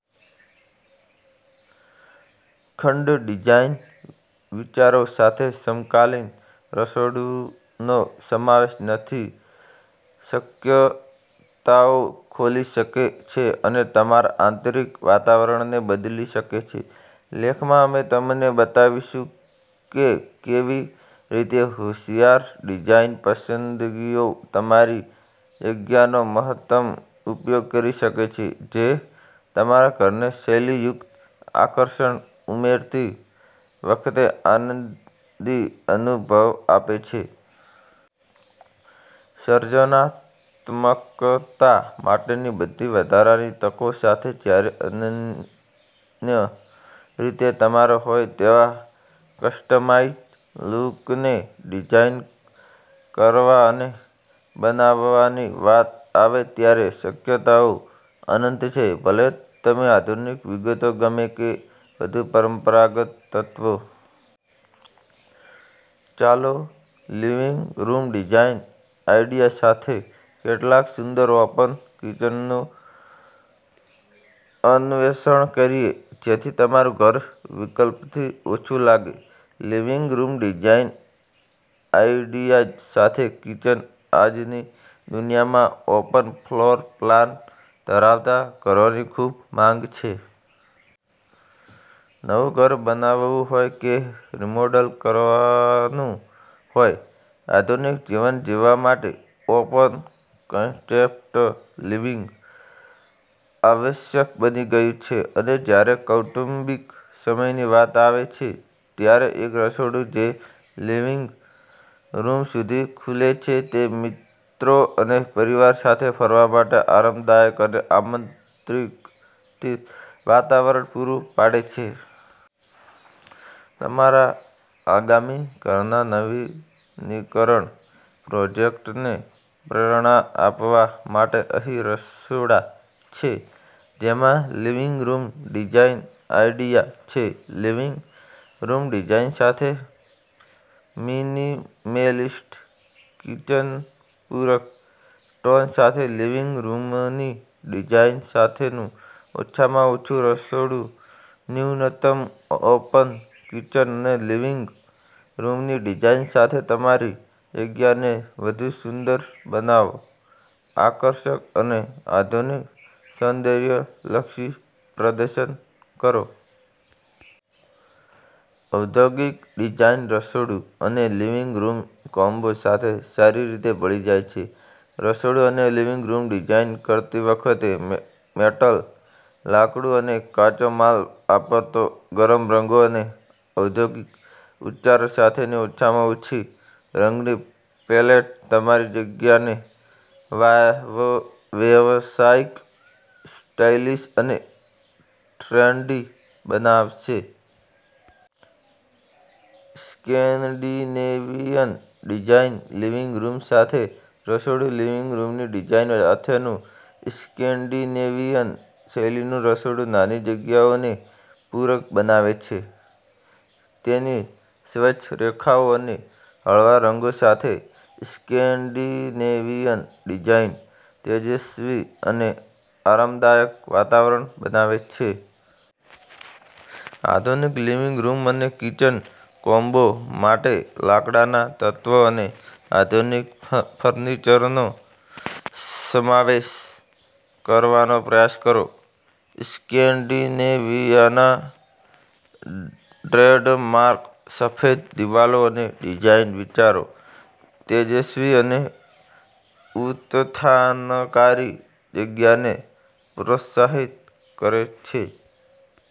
ખંડ ડિઝાઇન વિચારો સાથે સમકાલીન રસોડુંનો સમાવેશ નવી શક્યતાઓ ખોલી શકે છે અને તમારા આંતરિક વાતાવરણને બદલી શકે છે. લેખમાં અમે તમને બતાવીશું કે કેવી રીતે હોંશિયાર ડિઝાઇન પસંદગીઓ તમારી જગ્યાનો મહત્તમ ઉપયોગ કરી શકે છે જે તમારા ઘરને શૈલીયુક્ત આકર્ષણ ઉમેરતી વખતે આનંદી અનુભવ આપે છે. સર્જનાત્મકતા માટેની બધી વધારાની તકો સાથે જ્યારે અનન્ય રીતે તમારો હોય તેવા કસ્ટમાઇઝ લુકને ડિઝાઇન કરવા અને બનાવવાની વાત આવે ત્યારે શક્યતાઓ અનંત છે. ભલે તમને આધુનિક વિગતો ગમે કે વધુ પરંપરાગત તત્વો. ચાલો લિવિંગ રૂમ ડિઝાઇન આઇડિયા સાથે કેટલાક સુંદર ઓપન કિચનનું અન્વેષણ કરીએ જેથી તમારું ઘર કલ્પિતથી ઓછું લાગે. લિવિંગ રૂમ ડિઝાઇન આઇડિયાઝ સાથે કિચન આજની દુનિયામાં ઓપન ફ્લોર પ્લાન ધરાવતા ઘરોની ખૂબ માંગ છે. નવું ઘર બનાવવું હોય કે રિમોડલ કરવાનું હોય, આધુનિક જીવન જીવવા માટે ઓપન-કન્સેપ્ટ લિવિંગ આવશ્યક બની ગયું છે. અને જ્યારે કૌટુંબિક સમયની વાત આવે છે, ત્યારે એક રસોડું જે લિવિંગ રૂમ સુધી ખુલે છે તે મિત્રો અને પરિવાર સાથે ફરવા માટે આરામદાયક અને આમંત્રિત વાતાવરણ પૂરું પાડે છે. તમારા આગામી ઘરના નવીનીકરણ પ્રોજેક્ટને પ્રેરણા આપવા માટે અહીં રસોડા છે જેમાં લિવિંગ રૂમ ડિઝાઇન આઇડિયા છે. લિવિંગ રૂમ ડિઝાઇન સાથે મિનિમેલિસ્ટ કિચનપૂરક ટોન સાથે લિવિંગ રૂમની ડિઝાઇન સાથેનું ઓછામાં ઓછું રસોડું ન્યૂનતમ ઓપન કિચન અને લિવિંગ રૂમની ડિઝાઇન સાથે તમારી જગ્યાને વધુ સુંદર બનાવો, આકર્ષક અને આધુનિક સૌંદર્યલક્ષી પ્રદર્શન કરો. ઔદ્યોગિક ડિઝાઇન રસોડું અને લિવિંગ રૂમ કોમ્બો સાથે સારી રીતે ભળી જાય છે. રસોડું અને લિવિંગ રૂમ ડિઝાઇન કરતી વખતે મેટલ, લાકડું અને કાચો માલ વાપરો. ગરમ રંગો અને ઔદ્યોગિક ઉચ્ચારો સાથેની ઓછામાં ઓછી રંગની પેલેટ તમારી જગ્યાને વ્યાવસાયિક, સ્ટાઇલિશ અને ટ્રેન્ડી બનાવશે. સ્કેન્ડિનેવિયન ડિઝાઇન લિવિંગ રૂમ સાથે રસોડું લિવિંગ રૂમની ડિઝાઈન સાથેનું સ્કેન્ડિનેવિયન શૈલીનું રસોડું નાની જગ્યાઓને પૂરક બનાવે છે. તેની સ્વચ્છ રેખાઓ અને હળવા રંગો સાથે સ્કેન્ડિનેવિયન ડિઝાઇન તેજસ્વી અને આરામદાયક વાતાવરણ બનાવે છે. આધુનિક લિવિંગ રૂમ અને કિચન કોમ્બો માટે લાકડાના તત્વો અને આધુનિક ફર્નિચરનો સમાવેશ કરવાનો પ્રયાસ કરો. સ્કેન્ડિનેવિયાના ટ્રેડમાર્ક સફેદ દિવાલો અને ડિઝાઇન વિચારો તેજસ્વી અને ઉત્થાનકારી જગ્યાને પ્રોત્સાહિત કરે છે.